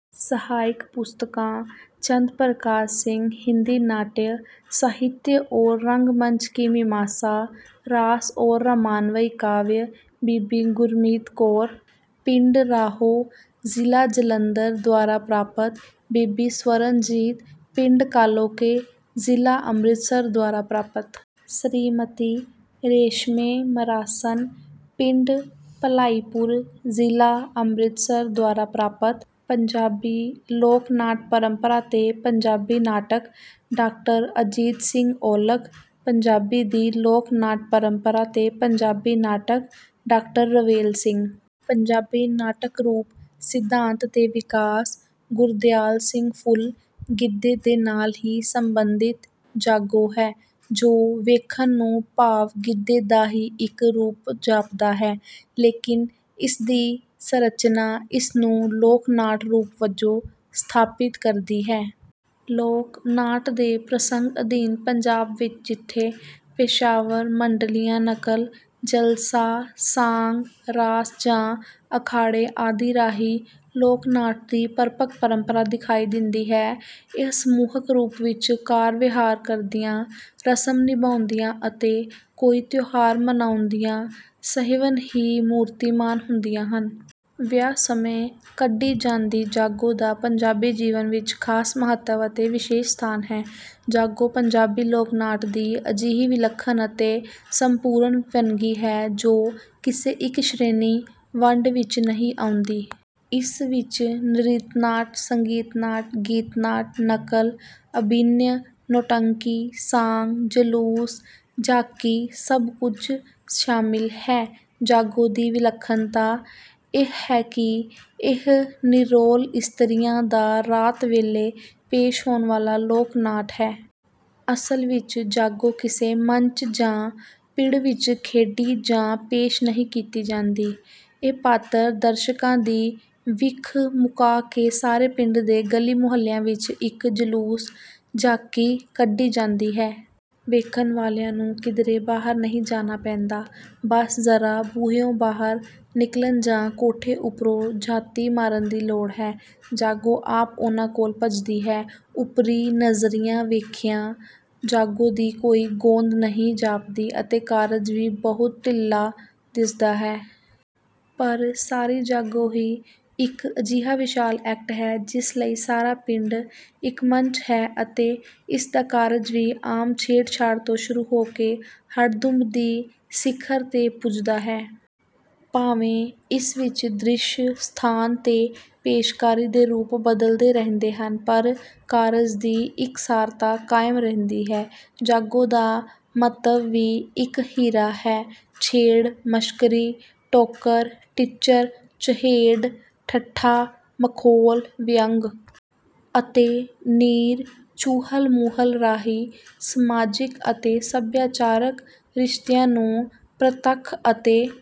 ਸਹਾਇਕ ਪੁਸਤਕਾਂ: ਚੰਦ ਪ੍ਰਕਾਸ਼ ਸਿੰਘ ਹਿੰਦੀ ਨਾਟਯ ਸਾਹਿਤਯ ਔਰ ਰੰਗ-ਮੰਚ ਕੀ ਮੀਮਾਂਸਾ। ਰਾਸ ਔਰ ਰਾਮਾਨਵਯੀ ਕਾਵਯ। ਬੀਬੀ ਗੁਰਮੀਤ ਕੌਰ, ਪਿੰਡ ਰਾਹੋਂ ਜ਼ਿਲ੍ਹਾ ਜਲੰਧਰ ਦੁਆਰਾ ਪ੍ਰਾਪਤ। ਬੀਬੀ ਸਵਰਨਜੀਤ, ਪਿੰਡ ਕਾਲੋਕੇ ਜ਼ਿਲ੍ਹਾ ਅੰਮ੍ਰਿਤਸਰ ਦੁਆਰਾ ਪ੍ਰਾਪਤ। ਸ੍ਰੀਮਤੀ ਰੇਸ਼ਮੇ ਮਰਾਸਣ, ਪਿੰਡ ਭਲਾਈਪੁਰ, ਜ਼ਿਲ੍ਹਾ ਅੰਮ੍ਰਿਤਸਰ ਦੁਆਰਾ ਪ੍ਰਾਪਤ। ਪੰਜਾਬੀ ਲੋਕ ਨਾਟ ਪਰੰਪਰਾ ਤੇ ਪੰਜਾਬੀ ਨਾਟਕ – ਡਾਕਟਰ ਅਜੀਤ ਸਿੰਘ ਔਲਖ। ਪੰਜਾਬੀ ਦੀ ਲੋਕ ਨਾਟ ਪਰੰਪਰਾ ਤੇ ਪੰਜਾਬੀ ਨਾਟਕ – ਡਾਕਟਰ ਰਵੇਲ ਸਿੰਘ। ਪੰਜਾਬੀ ਨਾਟਕ ਰੂਪ, ਸਿਧਾਂਤ ਤੇ ਵਿਕਾਸ – ਗੁਰਦਿਆਲ ਸਿੰਘ ਫੁੱਲ। ਗਿੱਧੇ ਦੇ ਨਾਲ ਹੀ ਸੰਬੰਧਿਤ 'ਜਾਗੋ' ਹੈ ਜੋ ਵੇਖਣ ਨੂੰ ਭਾਵ ਗਿੱਧੇ ਦਾ ਹੀ ਇੱਕ ਰੂਪ ਜਾਪਦਾ ਹੈ, ਲੇਕਿਨ ਇਸ ਦੀ ਸੰਰਚਨਾ ਇਸ ਨੂੰ ਲੋਕ ਨਾਟ ਰੂਪ ਵਜੋਂ ਸਥਾਪਿਤ ਕਰਦੀ ਹੈ। ਲੋਕ ਨਾਟ ਦੇ ਪ੍ਰਸੰਗ ਅਧੀਨ ਪੰਜਾਬ ਵਿੱਚ ਜਿੱਥੇ ਪੇਸ਼ਾਵਰ ਮੰਡਲੀਆਂ ਨਕਲ, ਜਲਸਾ, ਸਾਂਗ, ਰਾਸ ਜਾਂ ਅਖਾੜੇ ਆਦਿ ਰਾਹੀਂ ਲੋਕ ਨਾਟ ਦੀ ਪਰਪੱਕ ਪਰੰਪਰਾ ਦਿਖਾਈ ਦਿੰਦੀ ਹੈ। ਇਹ ਸਮੂਹਕ ਰੂਪ ਵਿੱਚ ਕਾਰ-ਵਿਹਾਰ ਕਰਦਿਆਂ, ਰਸਮ ਨਿਭਾਉਂਦਿਆਂ ਅਤੇ ਕੋਈ ਤਿਉਹਾਰ ਮਨਾਉਂਦਿਆਂ ਸਹਿਵਨ ਹੀ ਮੂਰਤੀਮਾਨ ਹੁੰਦੀਆਂ ਹਨ। ਵਿਆਹ ਸਮੇਂ ਕੱਢੀ ਜਾਂਦੀ ਜਾਗੋ ਦਾ ਪੰਜਾਬੀ ਜੀਵਨ ਵਿੱਚ ਖ਼ਾਸ ਮਹੱਤਵ ਅਤੇ ਵਿਸ਼ੇਸ਼ ਸਥਾਨ ਹੈ। ਜਾਗੋ ਪੰਜਾਬੀ ਲੋਕ ਨਾਟ ਦੀ ਅਜਿਹੀ ਵਿਲੱਖਣ ਅਤੇ ਸੰਪੂਰਨ ਵੰਨਗੀ ਹੈ, ਜੋ ਕਿਸੇ ਇੱਕ ਸ਼੍ਰੇਣੀ-ਵੰਡ ਵਿੱਚ ਨਹੀਂ ਆਉਂਦੀ। ਇਸ ਵਿੱਚ ਨ੍ਰਿਤ ਨਾਟ, ਸੰਗੀਤ ਨਾਟ, ਗੀਤ ਨਾਟ, ਨਕਲ, ਅਭਿਨਯ, ਨੌਟੰਕੀ, ਸਾਂਗ, ਜਲੂਸ, ਝਾਕੀ ਸਭ ਕੁੱਝ ਸ਼ਾਮਿਲ ਹੈ। ਜਾਗੋ ਦੀ ਵਿਲੱਖਣਤਾ ਇਹ ਹੈ ਕਿ ਇਹ ਨਿਰੋਲ ਇਸਤਰੀਆਂ ਦਾ ਰਾਤ ਵੇਲੇ ਪੇਸ਼ ਹੋਣ ਵਾਲਾ ਲੋਕ ਨਾਟ ਹੈ। ਅਸਲ ਵਿੱਚ ਜਾਗੋ ਕਿਸੇ ਮੰਚ ਜਾਂ ਪਿੜ ਵਿੱਚ ਖੇਡੀ ਜਾਂ ਪੇਸ਼ ਨਹੀਂ ਕੀਤੀ ਜਾਂਦੀ। ਇਹ ਪਾਤਰ ਦਰਸ਼ਕਾਂ ਦੀ ਵਿੱਖ ਮੁਕਾ ਕੇ ਸਾਰੇ ਪਿੰਡ ਦੇ ਗਲੀ ਮੁਹੱਲਿਆਂ ਵਿੱਚ ਇੱਕ ਜਲੂਸ, ਝਾਕੀ ਕੱਢੀ ਜਾਂਦੀ ਹੈ। ਵੇਖਣ ਵਾਲਿਆਂ ਨੂੰ ਕਿਧਰੇ ਬਾਹਰ ਨਹੀਂ ਜਾਣਾ ਪੈਂਦਾ। ਬਸ ਜ਼ਰਾ ਬੂਹਿਓਂ ਬਾਹਰ ਨਿਕਲਣ ਜਾਂ ਕੋਠੇ ਉੱਪਰੋਂ ਝਾਤੀ ਮਾਰਨ ਦੀ ਲੋੜ ਹੈ। ਜਾਗੋ ਆਪ ਉਹਨਾਂ ਕੋਲ ਪੱਜਦੀ ਹੈ। ਉਪਰੀ ਨਜ਼ਰਿਆਂ ਵੇਖਿਆ ਜਾਗੋ ਦੀ ਕੋਈ ਗੋਂਦ ਨਹੀਂ ਜਾਪਦੀ ਅਤੇ ਕਾਰਜ ਵੀ ਬਹੁਤ ਢਿੱਲਾ ਦਿਸਦਾ ਹੈ। ਪਰ ਸਾਰੀ ਜਾਗੋ ਹੀ ਇੱਕ ਅਜਿਹਾ ਵਿਸ਼ਾਲ ਐਕਟ ਹੈ ਜਿਸ ਲਈ ਸਾਰਾ ਪਿੰਡ ਇੱਕ ਮੰਚ ਹੈ ਅਤੇ ਇਸ ਦਾ ਕਾਰਜ ਵੀ ਆਮ ਛੇੜ-ਛਾੜ ਤੋਂ ਸ਼ੁਰੂ ਹੋ ਕੇ ਹੜਦੁੰਬ ਦੀ ਸਿਖਰ ਤੇ ਪੁੱਜਦਾ ਹੈ। ਭਾਵੇਂ ਇਸ ਵਿੱਚ ਦ੍ਰਿਸ਼, ਸਥਾਨ ਤੇ ਪੇਸ਼ਕਾਰੀ ਦੇ ਰੂਪ ਬਦਲਦੇ ਰਹਿੰਦੇ ਹਨ ਪਰ ਕਾਰਜ ਦੀ ਇਕਸਾਰਤਾ ਕਾਇਮ ਰਹਿੰਦੀ ਹੈ। ਜਾਗੋ ਦਾ ਮੰਤਵ ਵੀ ਇਕ ਹੀਰਾ ਹੈ। ਛੇੜ, ਮਸ਼ਕਰੀ, ਟੋਕਰ, ਟਿੱਚਰ, ਚਹੇਡ, ਠੱਠਾ, ਮਖੌਲ, ਵਿਅੰਗ ਅਤੇ ਨਿਰ ਚੁਹਲ-ਮੁਹਲ ਰਾਹੀਂ ਸਮਾਜਿਕ ਅਤੇ ਸਭਿਆਚਾਰਕ ਰਿਸ਼ਤਿਆਂ ਨੂੰ ਪ੍ਰਤੱਖ ਅਤੇ